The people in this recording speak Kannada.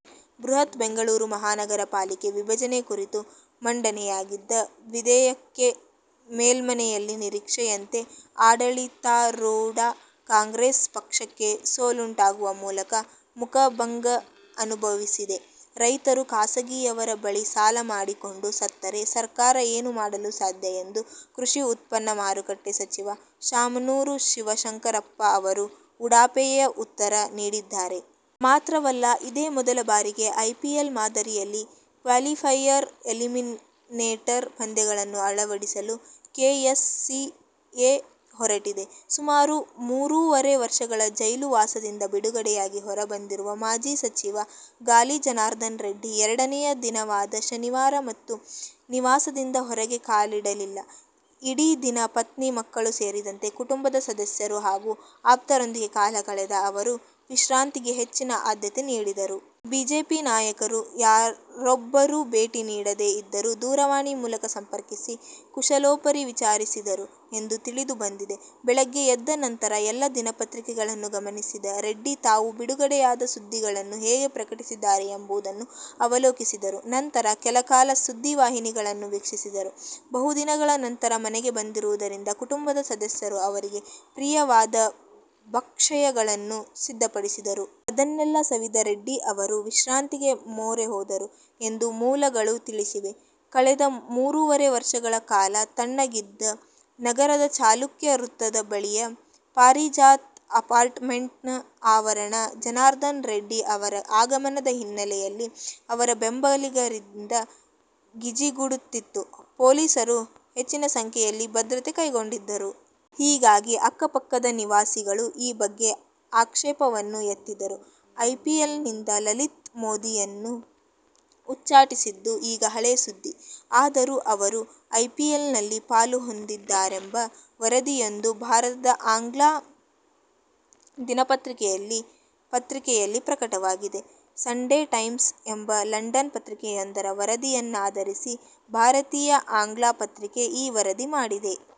ಬೃಹತ್ ಬೆಂಗಳೂರು ಮಹಾನಗರ ಪಾಲಿಕೆ ವಿಭಜನೆ ಕುರಿತು ಮಂಡನೆಯಾಗಿದ್ದ ವಿಧೇಯಕಕ್ಕೆ ಮೇಲ್ಮನೆಯಲ್ಲಿ ನಿರೀಕ್ಷೆಯಂತೆ ಆಡಳಿತಾರೂಢಾ ಕಾಂಗ್ರೆಸ್ ಪಕ್ಷಕ್ಕೆ ಸೋಲುಂಟಾಗುವ ಮೂಲಕ ಮುಖಭಂಗ ಅನುಭವಿಸಿದೆ. ರೈತರು ಖಾಸಗಿಯವರ ಬಳಿ ಸಾಲ ಮಾಡಿಕೊಂಡು ಸತ್ತರೆ ಸರ್ಕಾರ ಏನು ಮಾಡಲು ಸಾಧ್ಯ ಎಂದು ಕೃಷಿ ಉತ್ಪನ್ನ ಮಾರುಕಟ್ಟೆ ಸಚಿವ ಶಾಮನೂರು ಶಿವಶಂಕರಪ್ಪ ಅವರು ಉಡಾಫೆಯ ಉತ್ತರ ನೀಡಿದ್ದಾರೆ. ಮಾತ್ರವಲ್ಲ ಇದೇ ಮೊದಲ ಬಾರಿಗೆ ಐಪಿಎಲ್ ಮಾದರಿಯಲ್ಲಿ ಕ್ವಾಲಿಫೈಯರ್, ಎಲಿಮಿನೇಟರ್ ಪಂದ್ಯಗಳನ್ನು ಅಳವಡಿಸಲು ಕೆಎಸ್ಸಿಎ ಹೊರಟಿದೆ. ಸುಮಾರು ಮೂರೂವರೆ ವರ್ಷಗಳ ಜೈಲು ವಾಸದಿಂದ ಬಿಡುಗಡೆಯಾಗಿ ಹೊರಬಂದಿರುವ ಮಾಜಿ ಸಚಿವ ಗಾಲಿ ಜನಾರ್ದನರೆಡ್ಡಿ ಎರಡನೆಯ ದಿನವಾದ ಶನಿವಾರ ತಮ್ಮ ನಿವಾಸದಿಂದ ಹೊರಗೆ ಕಾಲಿಡಲಿಲ್ಲ. ಇಡೀ ದಿನ ಪತ್ನಿ, ಮಕ್ಕಳು ಸೇರಿದಂತೆ ಕುಟುಂಬದ ಸದಸ್ಯರು ಹಾಗೂ ಆಪ್ತರೊಂದಿಗೆ ಕಾಲ ಕಳೆದ ಅವರು ವಿಶ್ರಾಂತಿಗೇ ಹೆಚ್ಚಿನ ಆದ್ಯತೆ ನೀಡಿದರು. ಬಿಜೆಪಿ ನಾಯಕರು ಯಾರೊಬ್ಬರೂ ಭೇಟಿ ನೀಡದೇ ಇದ್ದರೂ ದೂರವಾಣಿ ಮೂಲಕ ಸಂಪರ್ಕಿಸಿ ಕುಶಲೋಪರಿ ವಿಚಾರಿಸಿದರು ಎಂದು ತಿಳಿದು ಬಂದಿದೆ. ಬೆಳಗ್ಗೆ ಎದ್ದ ನಂತರ ಎಲ್ಲ ದಿನಪತ್ರಿಕೆಗಳನ್ನೂ ಗಮನಿಸಿದ ರೆಡ್ಡಿ ತಾವು ಬಿಡುಗಡೆಯಾದ ಸುದ್ದಿಗಳನ್ನು ಹೇಗೆ ಪ್ರಕಟಿಸಿದ್ದಾರೆ ಎಂಬುದನ್ನು ಅವಲೋಕಿಸಿದರು. ನಂತರ ಕೆಲಕಾಲ ಸುದ್ದಿವಾಹಿನಿಗಳನ್ನು ವೀಕ್ಷಿಸಿದರು. ಬಹುದಿನಗಳ ನಂತರ ಮನೆಗೆ ಬಂದಿರುವುದರಿಂದ ಕುಟುಂಬದ ಸದಸ್ಯರು ಅವರಿಗೆ ಪ್ರಿಯವಾದ ಭಕ್ಷ್ಯಗಳನ್ನು ಸಿದ್ಧಪಡಿಸಿದರು. ಅದನ್ನೆಲ್ಲ ಸವಿದ ರೆಡ್ಡಿ ಅವರು ವಿಶ್ರಾಂತಿಗೆ ಮೊರೆ ಹೋದರು ಎಂದು ಮೂಲಗಳು ತಿಳಿಸಿವೆ. ಕಳೆದ ಮೂರೂವರೆ ವರ್ಷಗಳ ಕಾಲ ತಣ್ಣಗಿದ್ದ ನಗರದ ಚಾಲುಕ್ಯ ವೃತ್ತದ ಬಳಿಯ "ಪಾರಿಜಾತ' ಅಪಾರ್ಟ್ಮೆಂಟ್ನ ಆವರಣ ಜನಾರ್ದನರೆಡ್ಡಿ ಅವರ ಆಗಮನದ ಹಿನ್ನೆಲೆಯಲ್ಲಿ ಅವರ ಬೆಂಬಲಿಗರಿಂದ ಗಿಜಿಗುಡುತ್ತಿತ್ತು. ಪೊಲೀಸರು ಹೆಚ್ಚಿನ ಸಂಖ್ಯೆಯಲ್ಲಿ ಭದ್ರತೆ ಕೈಗೊಂಡಿದ್ದರು. ಹೀಗಾಗಿ ಅಕ್ಕಪಕ್ಕದ ನಿವಾಸಿಗಳು ಈ ಬಗ್ಗೆ ಆಕ್ಷೇಪವನ್ನೂ ಎತ್ತಿದರು. ಐಪಿಎಲ್ನಿಂದ ಲಲಿತ್ ಮೋದಿಯನ್ನು ಉಚ್ಛಾಟಿಸಿದ್ದು ಈಗ ಹಳೇ ಸುದ್ದಿ. ಆದರೂ ಅವರು ಐಪಿಎಲ್ನಲ್ಲಿ ಪಾಲು ಹೊಂದಿದ್ದಾರೆಂಬ ವರದಿಯೊಂದು ಭಾರತದ ಆಂಗ್ಲ ದಿನಪತ್ರಿಕೆಯಲ್ಲಿ ಪತ್ರಿಕೆಯಲ್ಲಿ ಪ್ರಕಟವಾಗಿದೆ. ಸಂಡೇ ಟೈಮ್ಸ್ ಎಂಬ ಲಂಡನ್ ಪತ್ರಿಕೆಯೊಂದರ ವರದಿಯನ್ನಾಧರಿಸಿ ಭಾರತೀಯ ಆಂಗ್ಲ ಪತ್ರಿಕೆ ಈ ವರದಿ ಮಾಡಿದೆ.